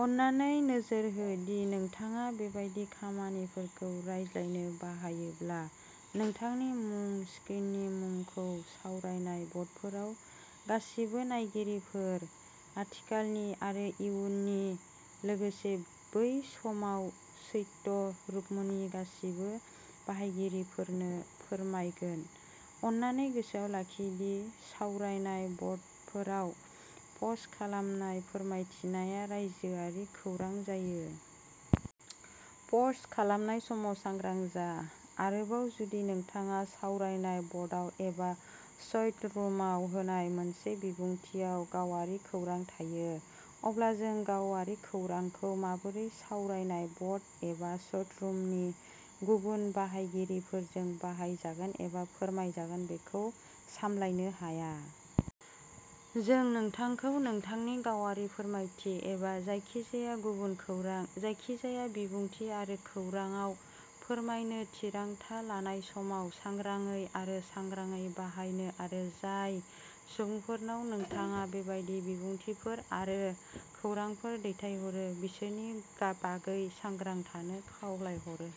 अन्नानै नोजोर हो दि नोंथाङा बेबादि खामानिफोरखौ रायज्लायनो बाहायोब्ला, नोंथांनि मुं स्क्रिननि मुंखौ सावराय ब'र्डफोराव गासिबो नायगिरिफोर, आथिखालनि आरो इयुननि, लोगोसे बै समाव चैट रुमनि गासिबो बाहायगिरिफोरनो फोरमायगोन। अन्नानै गोसोआव लाखि दि सावरायनाय ब'र्डफोराव पस्ट खालामनाय फोरमायथिया रायजोआरि खौरां जायो। पस्ट खालामनाय समाव सांग्रां जा। आरोबाव, जुदि नोंथाङा सावरायनाय ब'र्डआव एबा चैट रुमाव होनाय मोनसे बिबुंथिआव गावारि खौरां थायो, अब्ला जों गावारि खौरांखौ माबोरै सावरायनाय ब'र्ड एबा चैट रुमनि गुबुन बाहायगिरिफोरजों बाहायजागोन एबा फोरमायजागोन बेखौ सामलायनो हाया। जों नोंथांखौ नोंथांनि गावारि फोरमायथि, एबा जायखिजाया गुबुन खौरां, जायखिजाया बिबुंथि आरो खौरांआव फोरमायनो थिरांथा लानाय समाव सांग्राङै आरो सांग्राङै बाहायनो आरो जाय सुबुंफोरनाव नोंथाङा बेबादि बिबुंथिफोर आरो खौरांफोर दैथायहरो बिसोरनि बागै सांग्रां थानो खावलायहरो।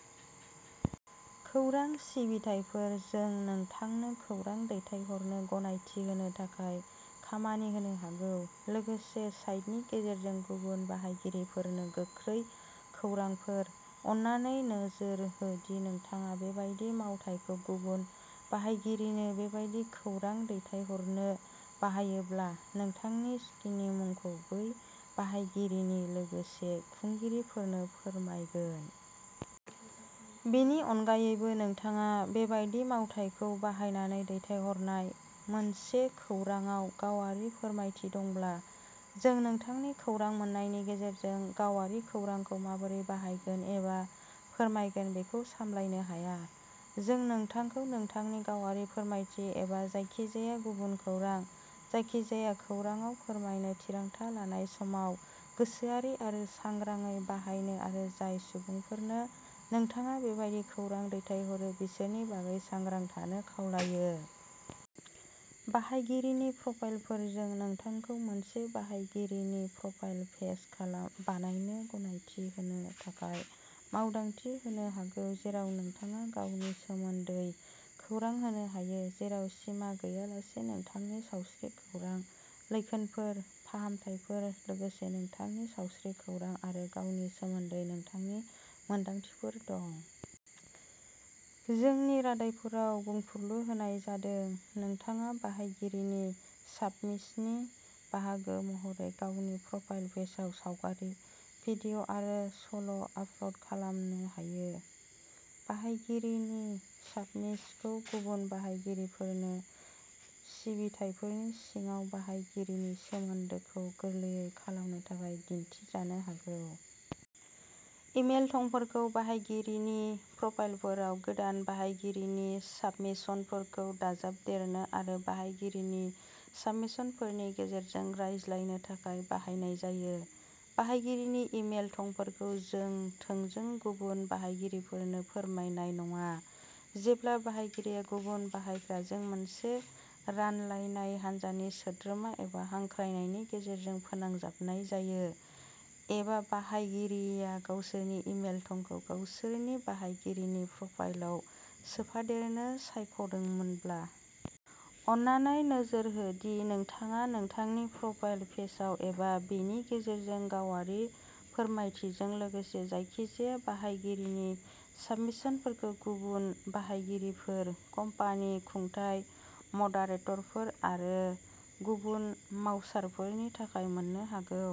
खौरां सिबिथायफोर जों नोंथांनो खौरां दैथायहरनो गनायथि होनो थाखाय खामानि होनो हागौ, लोगोसे साइटनि गेजेरजों गुबुन बाहायगिरिफोरनो गोख्रै खौरांफोर। अन्नानै नोजोर हो दि नोंथाङा बेबादि मावथायखौ गुबुन बाहायगिरिनो बेबादि खौरां दैथायहरनो बाहायोब्ला, नोंथांनि स्क्रिननि मुंखौ बै बाहायगिरिनि लोगोसे खुंगिरिफोरनो फोरमायगोन। बेनि अनगायैबो, नोंथाङा बेबादि मावथायखौ बाहायनानै दैथायहरनाय मोनसे खौरांआव गावारि फोरमायथि दंब्ला, जों नोंथांनि खौरां मोन्नायनि गेजेरजों गावारि खौरांखौ माबोरै बाहायगोन एबा फोरमायगोन बेखौ सामलायनो हाया। जों नोंथांखौ नोंथांनि गावारि फोरमायथि, एबा जायखिजाया गुबुन खौरां, जायखिजाया खौरांआव फोरमायनो थिरांथा लानाय समाव गोसोआरि आरो सांग्राङै बाहायनो आरो जाय सुबुंफोरनो नोंथाङा बेबादि खौरां दैथायहरो बिसोरनि बागै सांग्रां थानो खावलायो। बाहायगिरिनि प्रफाइलफोर जों नोंथांखौ मोनसे बाहायगिरिनि प्रफाइल पेज बानायनो गनायथि होनो थाखाय मावदांथि होनो हागौ जेराव नोंथाङा गावनि सोमोन्दै खौरां होनो हायो, जेराव सिमा गैयालासे, नोंथांनि सावस्रि खौरां, लैखोनफोर, फाहामथायफोर, लोगोसे नोंथांनि सावस्रि खौरां आरो गावनि सोमोन्दै नोंथांनि मोनदांथिफोर दं। जोंनि रादायफोराव बुंफुरलु होनाय जादों। नोंथाङा बाहायगिरिनि साबमिशननि बाहागो महरै गावनि प्रफाइल पेजआव सावगारि, भिडिअ' आरो सल' आपल'ड खालामनोबो हायो। बाहायगिरिनि साबमिशनफोरखौ गुबुन बाहायगिरिफोरनो सिबिथायफोरनि सिङाव बाहायगिरिनि सोमोन्दोखौ गोरलै खालामनो थाखाय दिन्थिजानो हागौ। इमेल थंफोरखौ बाहायगिरिनि प्रफाइलफोराव गोदान बाहायगिरिनि साबमिशनफोरखौ दाजाबदेरनो आरो बाहायगिरिनि साबमिशनफोरनि गेजेरजों रायज्लायनो थाखाय बाहायनाय जायो। बाहायगिरिनि इमेल थंफोरखौ जों थोंजों गुबुन बाहायगिरिफोरनो फोरमायनाय नङा, जेब्ला बाहायगिरिया गुबुन बाहायग्राजों मोनसे रानलायनाय हान्जानि सोद्रोमा एबा हांख्रायनायनि गेजेरजों "फोनांजाबनाय" जायो, एबा बाहायगिरिया गावसोरनि इमेल थंखौ गावसोरनि बाहायगिरिनि प्रफाइलाव सोफादेरनो सायख'दोंब्ला। अन्नानै नोजोर हो दि नोंथाङा नोंथांनि प्रफाइल पेजआव एबा बेनि गेजेरजों गावारि फोरमायथिजों लोगोसे जायखिजाया बाहायगिरिनि साबमिशनफोरखौ गुबुन बाहायगिरिफोर, कम्पानि, खुंथाय, मदारेटरफोर आरो गुबुन मावसाफोरनि थाखाय मोननो हागौ।